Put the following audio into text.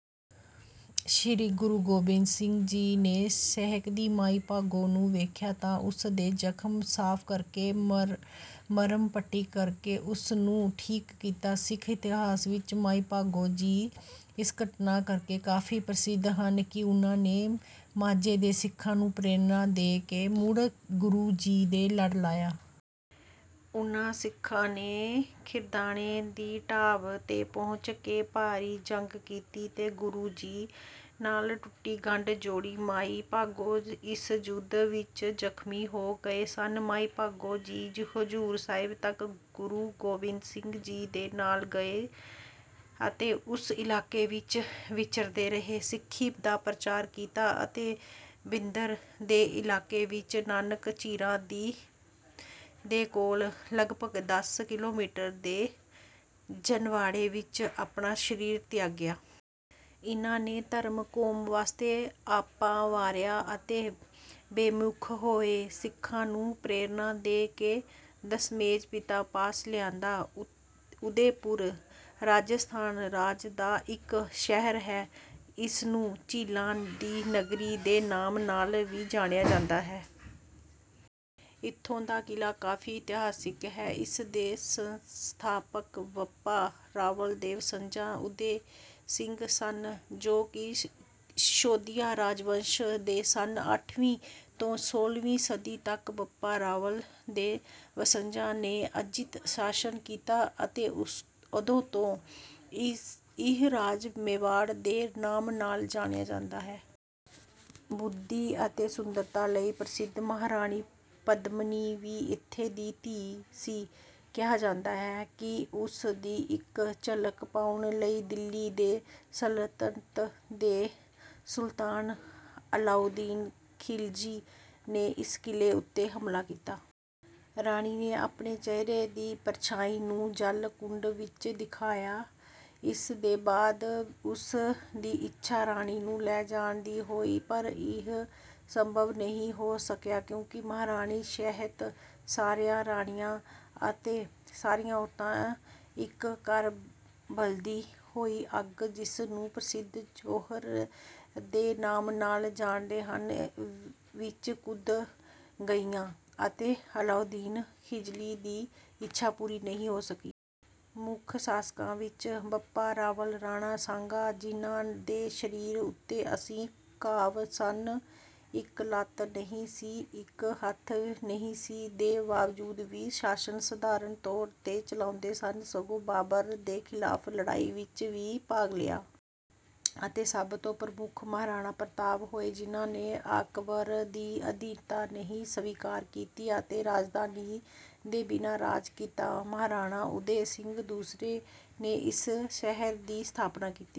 ਸ੍ਰੀ ਗੁਰੂ ਗੋਬਿੰਦ ਸਿੰਘ ਜੀ ਨੇ ਸਹਿਕਦੀ ਮਾਈ ਭਾਗੋ ਨੂੰ ਵੇਖਿਆ, ਤਾਂ ਉਸ ਦੇ ਜ਼ਖਮ ਸਾਫ਼ ਕਰਕੇ, ਮਰ੍ਹਮ ਪੱਟੀ ਕਰਕੇ ਉਸ ਨੂੰ ਠੀਕ ਕੀਤਾ। ਸਿੱਖ ਇਤਿਹਾਸ ਵਿਚ ਮਾਈ ਭਾਗੋ ਜੀ ਇਸ ਘਟਨਾ ਕਰਕੇ ਕਾਫੀ ਪ੍ਰਸਿੱਧ ਹਨ, ਕਿ ਉਨ੍ਹਾਂ ਨੇ ਮਾਝੇ ਦੇ ਸਿੱਖਾਂ ਨੂੰ ਪ੍ਰੇਰਣਾ ਦੇ ਕੇ ਮੁੜ ਗੁਰੂ ਜੀ ਦੇ ਲੜ ਲਾਇਆ। ਉਨ੍ਹਾਂ ਸਿੱਖਾਂ ਨੇ ਖਿਦਰਾਣੇ ਦੀ ਢਾਬ 'ਤੇ ਪਹੁੰਚ ਕੇ ਭਾਰੀ ਜੰਗ ਕੀਤੀ, ਤੇ ਗੁਰੂ ਜੀ ਨਾਲ ਟੁੱਟੀ ਗੰਢ ਜੋੜੀ। ਮਾਈ ਭਾਗੋ ਇਸ ਯੁੱਧ ਵਿਚ ਜ਼ਖਮੀ ਹੋ ਗਏ ਸਨ। ਮਾਈ ਭਾਗੋ ਜੀ ਹਜ਼ੂਰ ਸਾਹਿਬ ਤੱਕ ਗੁਰੂ ਗੋਬਿੰਦ ਸਿੰਘ ਜੀ ਦੇ ਨਾਲ ਗਏ, ਅਤੇ ਉਸ ਇਲਾਕੇ ਵਿਚ ਵਿਚਰਦੇ ਰਹੇ, ਸਿੱਖੀ ਦਾ ਪ੍ਰਚਾਰ ਕੀਤਾ, ਅਤੇ ਬਿਦਰ ਦੇ ਇਲਾਕੇ ਵਿਚ ਨਾਨਕ ਝੀਰਾ ਜੀ ਦੇ ਕੋਲ, ਲਗਭਗ ਦਸ ਕਿਲੋਮੀਟਰ ਦੇ ਜਨਵਾੜੇ ਵਿਚ ਆਪਣਾ ਸਰੀਰ ਤਿਆਗਿਆ। ਇਨ੍ਹਾਂ ਨੇ ਧਰਮ, ਕੌਮ ਵਾਸਤੇ ਆਪਾ ਵਾਰਿਆ, ਅਤੇ ਬੇਮੁੱਖ ਹੋਏ ਸਿੱਖਾਂ ਨੂੰ ਪ੍ਰੇਰਨਾ ਦੇ ਕੇ ਦਸਮੇਸ਼ ਪਿਤਾ ਪਾਸ ਲਿਆਂਦਾ। ਉਦੈਪੁਰ ਰਾਜਸਥਾਨ ਰਾਜ ਦਾ ਇੱਕ ਸ਼ਹਿਰ ਹੈ। ਇਸਨੂੰ ਝੀਲਾਂ ਦੀ ਨਗਰੀ ਦੇ ਨਾਮ ਨਾਲ ਵੀ ਜਾਣਿਆ ਜਾਂਦਾ ਹੈ। ਇੱਥੋਂ ਦਾ ਕਿਲ੍ਹਾ ਕਾਫੀ ਇਤਿਹਾਸਿਕ ਹੈ। ਇਸ ਦੇ ਸੰਸਥਾਪਕ ਬੱਪਾ ਰਾਵਲ ਦੇ ਵੰਸ਼ਜ ਉਦੈ ਸਿੰਘ ਸਨ, ਜੋ ਕਿ ਸ਼ਿਸ਼ੋਦੀਆ ਰਾਜਵੰਸ਼ ਦੇ ਸਨ। ਅੱਠਵੀਂ ਤੋਂ ਸੋਲ੍ਹਵੀਂ ਸਦੀ ਤੱਕ ਬੱਪਾ ਰਾਵਲ ਦੇ ਵੰਸ਼ਜਾਂ ਨੇ ਅਜਿੱਤ ਸ਼ਾਸਨ ਕੀਤਾ, ਅਤੇ ਉਦੋਂ ਤੋਂ ਇਹ ਰਾਜ ਮੇਵਾੜ ਦੇ ਨਾਮ ਨਾਲ ਜਾਣਿਆ ਜਾਂਦਾ ਹੈ। ਬੁੱਧੀ ਅਤੇ ਸੁੰਦਰਤਾ ਲਈ ਪ੍ਰਸਿੱਧ ਮਹਾਰਾਣੀ ਪਦਮਨੀ ਵੀ ਇੱਥੇ ਦੀ ਸੀ। ਕਿਹਾ ਜਾਂਦਾ ਹੈ ਕਿ ਉਸ ਦੀ ਇੱਕ ਝਲਕ ਪਾਉਣ ਲਈ ਦਿੱਲੀ ਦੇ ਸਲਤਨਤ ਦੇ ਸੁਲਤਾਨ ਅਲਾਉਦੀਨ ਖਿਲਜੀ ਨੇ ਇਸ ਕਿਲੇ ਉੱਤੇ ਹਮਲਾ ਕੀਤਾ। ਰਾਣੀ ਨੇ ਆਪਣੇ ਚਿਹਰੇ ਦੀ ਪਰਛਾਈ ਨੂੰ ਜਲ ਕੁੰਡ ਵਿੱਚ ਦਿਖਾਈ। ਇਸ ਦੇ ਬਾਅਦ ਉਸ ਦੀ ਇੱਛਾ ਰਾਣੀ ਨੂੰ ਲੈ ਜਾਣ ਦੀ ਹੋਈ। ਪਰ ਇਹ ਸੰਭਵ ਨਹੀਂ ਹੋ ਸਕਿਆ। ਕਿਉਂਕਿ ਮਹਾਰਾਣੀ ਸਹਿਤ ਸਾਰੀਆਂ ਰਾਣੀਆਂ ਅਤੇ ਸਾਰੀਆਂ ਔਰਤਾਂ ਇੱਕ ਕਰ ਬਲਦੀ ਹੋਈ ਅੱਗ, ਜਿਸ ਨੂੰ ਪ੍ਰਸਿੱਧ ਜੌਹਰ ਦੇ ਨਾਮ ਨਾਲ ਜਾਣਦੇ ਹਨ, ਵਿੱਚ ਕੁੱਦ ਗਈਆਂ, ਅਤੇ ਅਲਾਉਦੀਨ ਖਿਲਜੀ ਦੀ ਇੱਛਾ ਪੂਰੀ ਨਹੀਂ ਹੋ ਸਕੀ। ਮੁੱਖ ਸ਼ਾਸਕਾਂ ਵਿੱਚ ਬੱਪਾ ਰਾਵਲ, ਰਾਣਾ ਸਾਂਗਾ ਜਿਹਨਾਂ ਦੇ ਸਰੀਰ ਉੱਤੇ ਅੱਸੀ ਘਾਵ ਸਨ, ਇੱਕ ਲੱਤ ਨਹੀਂ ਸੀ, ਇੱਕ ਹੱਥ ਨਹੀਂ ਸੀ, ਦੇ ਬਾਵਜੂਦ ਵੀ ਸ਼ਾਸਨ ਸਧਾਰਨ ਤੌਰ ਤੇ ਚਲਾਉਂਦੇ ਸਨ, ਸਗੋਂ ਬਾਬਰ ਦੇ ਖਿਲਾਫ ਲੜਾਈ ਵਿੱਚ ਵੀ ਭਾਗ ਲਿਆ। ਅਤੇ ਸਭ ਤੋਂ ਪ੍ਰਮੁੱਖ ਮਹਾਰਾਣਾ ਪ੍ਰਤਾਪ ਹੋਏ, ਜਿਹਨਾਂ ਨੇ ਅਕਬਰ ਦੀ ਅਧੀਨਤਾ ਨਹੀਂ ਸਵੀਕਾਰ ਕੀਤੀ, ਅਤੇ ਰਾਜਧਾਨੀ ਦੇ ਬਿਨਾਂ ਰਾਜ ਕੀਤਾ। ਮਹਾਰਾਣਾ ਉਦੈ ਸਿੰਘ ਦੂਸਰੇ ਨੇ ਇਸ ਸ਼ਹਿਰ ਦੀ ਸਥਾਪਨਾ ਕੀਤੀ